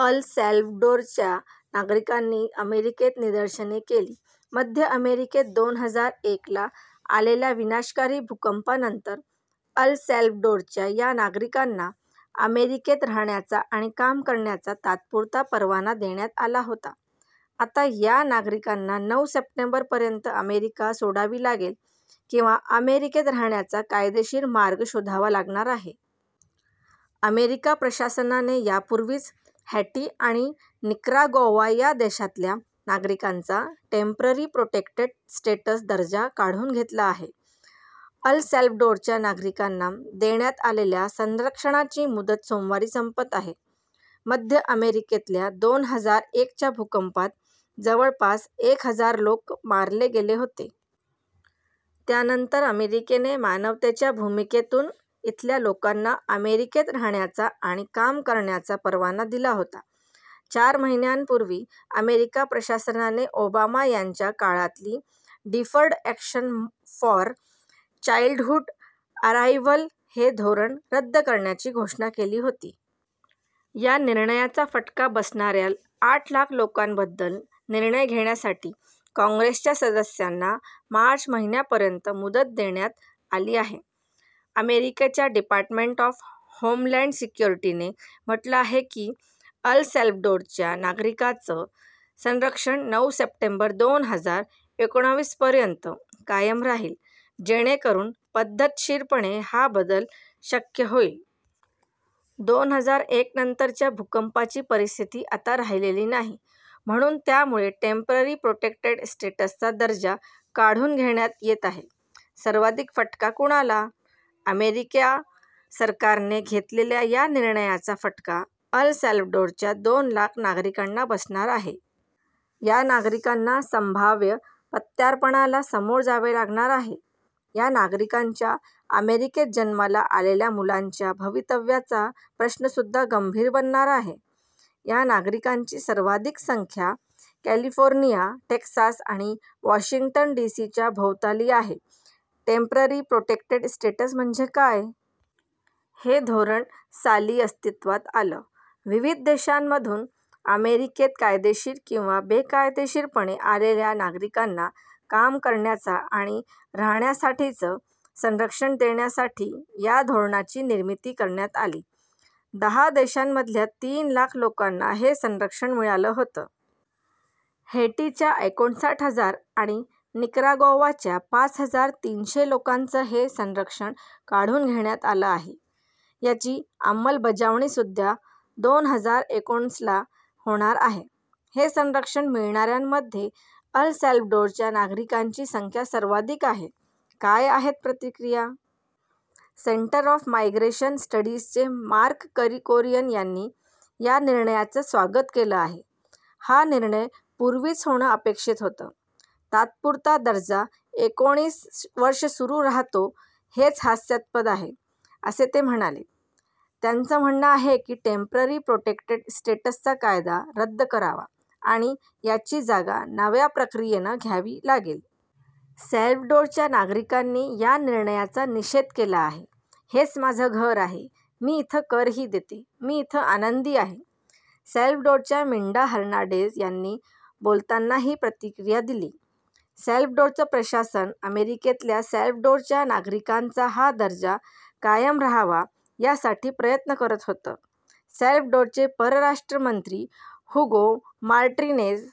अल सॅल्वडोरच्या नागरिकांनी अमेरिकेत निदर्शने केली. मध्य अमेरिकेत दोन हजार एक ला आलेल्या विनाशकारी भूकंपानंतर अल सॅल्वडोरच्या या नागरिकांना अमेरिकेत राहण्याचा आणि काम करण्याचा तात्पुरता परवाना देण्यात आला होता. आता या नागरिकांना नऊ सप्टेंबर पर्यंत अमेरिका सोडावी लागेल किंवा अमेरिकेत राहण्याचा कायदेशीर मार्ग शोधावा लागणार आहे. अमेरिका प्रशासनाने यापूर्वीच हैटी आणि निकरागौवा या देशातल्या नागरिकांचा टेंपररी प्रोटेक्टेड स्टेटस दर्जा काढून घेतला आहे. अल सॅल्वडोरच्या नागरिकांना देण्यात आलेल्या संरक्षणाची मुदत सोमवारी संपत आहे. मध्य अमेरिकेतल्या दोन हजार एक च्या भूकंपात जवळपास एक हजार लोक मारले गेले होते. त्यानंतर अमेरिकेने मानवतेच्या भूमिकेतून इथल्या लोकांना अमेरिकेत राहण्याचा आणि काम करण्याचा परवाना दिला होता. चार महिन्यांपूर्वी अमेरिका प्रशासनाने ओबामा यांच्या काळातली deferred action for childhood arrival हे धोरण रद्द करण्याची घोषणा केली होती. या निर्णयाचा फटका बसणाऱ्या आठ लाख लोकांबद्दल निर्णय घेण्यासाठी काँग्रेसच्या सदस्यांना मार्च महिन्यापर्यंत मुदत देण्यात आली आहे. अमेरिकेच्या डिपार्टमेंट ऑफ होमलॅंड सिक्युरिटीने म्हटलं आहे की अल सॅल्वडोरच्या नागरिकांचं संरक्षण नऊ सप्टेंबर दोन हजार एकोणीसपर्यंत कायम राहील जेणेकरून पद्धतशीरपणे हा बदल शक्य होईल. दोन हजार एक नंतरच्या भूकंपाची परिस्थिती आता राहिलेली नाही. म्हणून त्यामुळे टेंपररी प्रोटेक्टेड स्टेटसचा दर्जा काढून घेण्यात येत आहे. सर्वाधिक फटका कुणाला? अमेरिका सरकारने घेतलेल्या या निर्णयाचा फटका अल सॅल्वडोरच्या दोन लाख नागरिकांना बसणार आहे. या नागरिकांना संभाव्य प्रत्यार्पणाला समोर जावे लागणार आहे. या नागरिकांच्या अमेरिकेत जन्माला आलेल्या मुलांच्या भवितव्याचा प्रश्नसुद्धा गंभीर बनणार आहे. या नागरिकांची सर्वाधिक संख्या कॅलिफोर्निया, टेक्सास आणि वॉशिंग्टन डीसीच्या भोवताली आहे. टेंपररी प्रोटेक्टेड स्टेटस म्हणजे काय? हे धोरण साली अस्तित्वात आलं. विविध देशांमधून अमेरिकेत कायदेशीर किंवा बेकायेदशीरपणे आलेल्या नागरिकांना काम करण्याचा आणि राहाण्यासाठीचं संरक्षण देण्यासाठी या धोरणाची निर्मिती करण्यात आली. दहा देशांमधल्या तीन लाख लोकांना हे संरक्षण मिळालं होतं. हैटीच्या एकोणसाठ हजार आणि निकरागौवाच्या पाच हजार तीनशे लोकांचं हे संरक्षण काढून घेण्यात आलं आहे. याची अंमलबजावणीसुद्धा दोन हजार एकोणीसला होणार आहे. हे संरक्षण मिळाणाऱ्यांमध्ये अल सॅल्वडोरच्या नागरिकांची संख्या सर्वाधिक आहे. काय आहेत प्रतिक्रिया? सेंटर ऑफ मायग्रेशन स्टडीजचे मार्क करिकोरियन यांनी या निर्णयाचं स्वागत केलं आहे. हा निर्णय पूर्वीच होणं अपेक्षित होतं. तात्पुरता दर्जा एकोणीस वर्षं सुरू राहतो, हेच हास्यास्पद आहे, असे ते म्हणाले. त्यांचं म्हणणं आहे की टेंपररी प्रोटेक्टेड स्टेटसचा कायदा रद्द करावा आणि याची जागा नव्या प्रक्रियेनं घ्यावी लागेल. सॅल्वडोरच्या नागरिकांनी या निर्णयाचा निषेध केला आहे. हेच माझं घर आहे. मी इथं कर ही देते. मी इथं आनंदी आहे, सॅल्वडोरच्या मिंडा हर्नांडेज यांनी बोलताना ही प्रतिक्रिया दिली. सॅल्वडोरचं प्रशासन अमेरिकेतल्या सॅल्वडोरच्या नागरिकांचा हा दर्जा कायम राहावा, यासाठी प्रयत्न करत होतं. सॅल्वडोरचे परराष्ट्र मंत्री हुगो माट्रिनेज